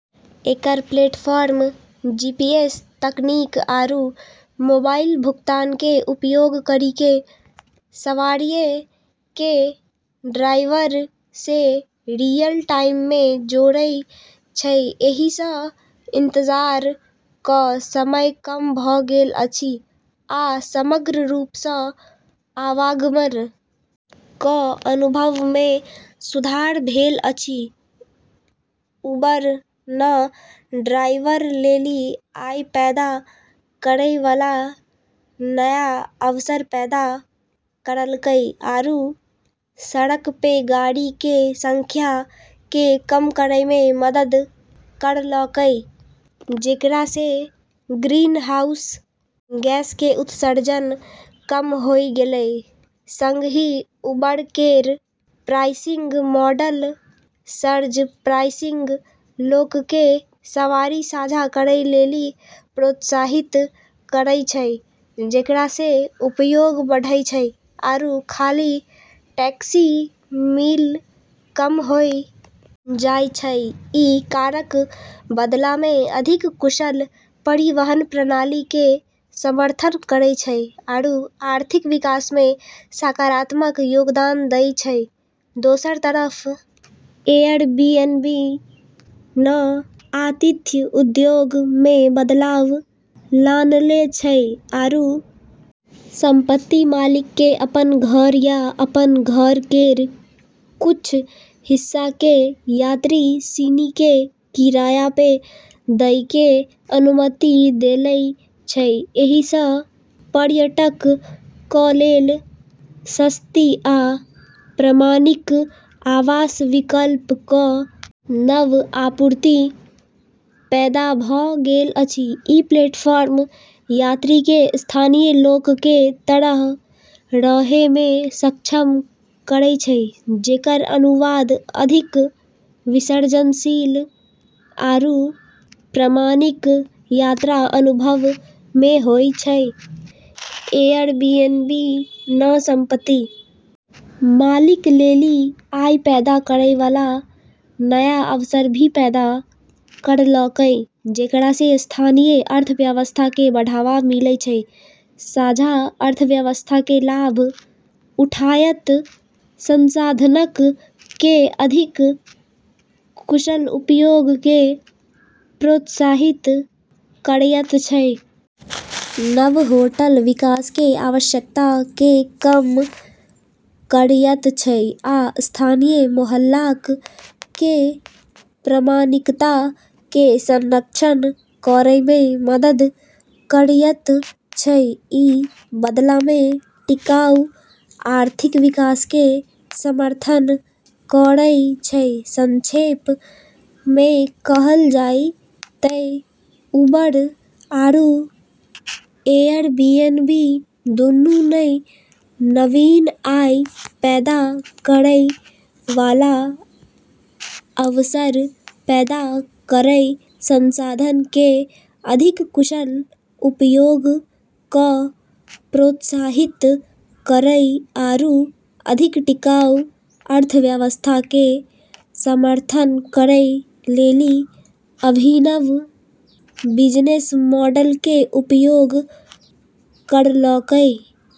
एकरऽ platform GPS तकनीक आरू मोबाइल भुगतान के उपयोग करी के सवारियऽ के ड्राइवरऽ से रियल-टाइम मे जोड़ै छै, एहि स इंतजार क समय कम भ गेल अछि आ समग्र रूप स आवागमन क अनुभव मे सुधार भेल अछि, उबर न ड्राइवरऽ लेली आय पैदा करै वाला नया अवसर पैदा करलकै आरू सड़क पे गाड़ी के संख्या के कम करै मे मदद करलकै जेकरा से ग्रीनहाउस गैस के उत्सर्जन कम होय गेलै, संगहि उबर केरऽ प्राइसिंग मॉडल (सर्ज प्राइसिंग) लोगऽ के सवारी साझा करै लेली प्रोत्साहित करै छै जेकरा से उपयोग बढ़ै छै आरू खाली टैक्सी मील कम होय जाय छै, ई कारक बदला मे अधिक कुशल परिवहन प्रणाली के समर्थन करै छै आरू आर्थिक विकास मे सकारात्मक योगदान दै छै, दोसरऽ तरफ एयरबीएनबी न आतिथ्य उद्योग मे बदलाव लानले छै आरू संपत्ति मालिकऽ के अपनऽ घर या अपनऽ घर केरऽ कुछ हिस्सा के यात्री सिनी के किराया पे दै के अनुमति देले छै, एहि स पर्यटक क लेल सस्ती आ प्रामाणिक आवास विकल्प क नव आपूर्ति पैदा भ गेल अछि, ई प्लेटफॉर्म यात्री के स्थानीय लोगऽ के तरह रहे मे सक्षम करै छै जेकरऽ अनुवाद अधिक विसर्जनशील आरू प्रामाणिक यात्रा अनुभव मे होय छै, एयरबीएनबी न संपत्ति मालिकऽ लेली आय पैदा करै वाला नया अवसर भी पैदा करलकै जेकरा से स्थानीय अर्थव्यवस्था के बढ़ावा मिलै छै, साझा अर्थव्यवस्था कें लाभ उठायत, संसाधनक कें अधिक कुशल उपयोग कें प्रोत्साहित करयत छै, नव होटल विकास कें आवश्यकता कें कम करयत छै आ स्थानीय मोहल्लाक कें प्रामाणिकता कें संरक्षित करय मे मदद करयत छै, इ बदला मे टिकाऊ आर्थिक विकास कें समर्थन करय छै, संक्षेप मे कहलऽ जाय तै उबर आरू एयरबीएनबी दूनू नै नवीन आय पैदा करै वाला अवसर पैदा करै, संसाधनऽ के अधिक कुशल उपयोग क॑ प्रोत्साहित करै आरू अधिक टिकाऊ अर्थव्यवस्था के समर्थन करै लेली अभिनव बिजनेस मॉडल के उपयोग करलकै।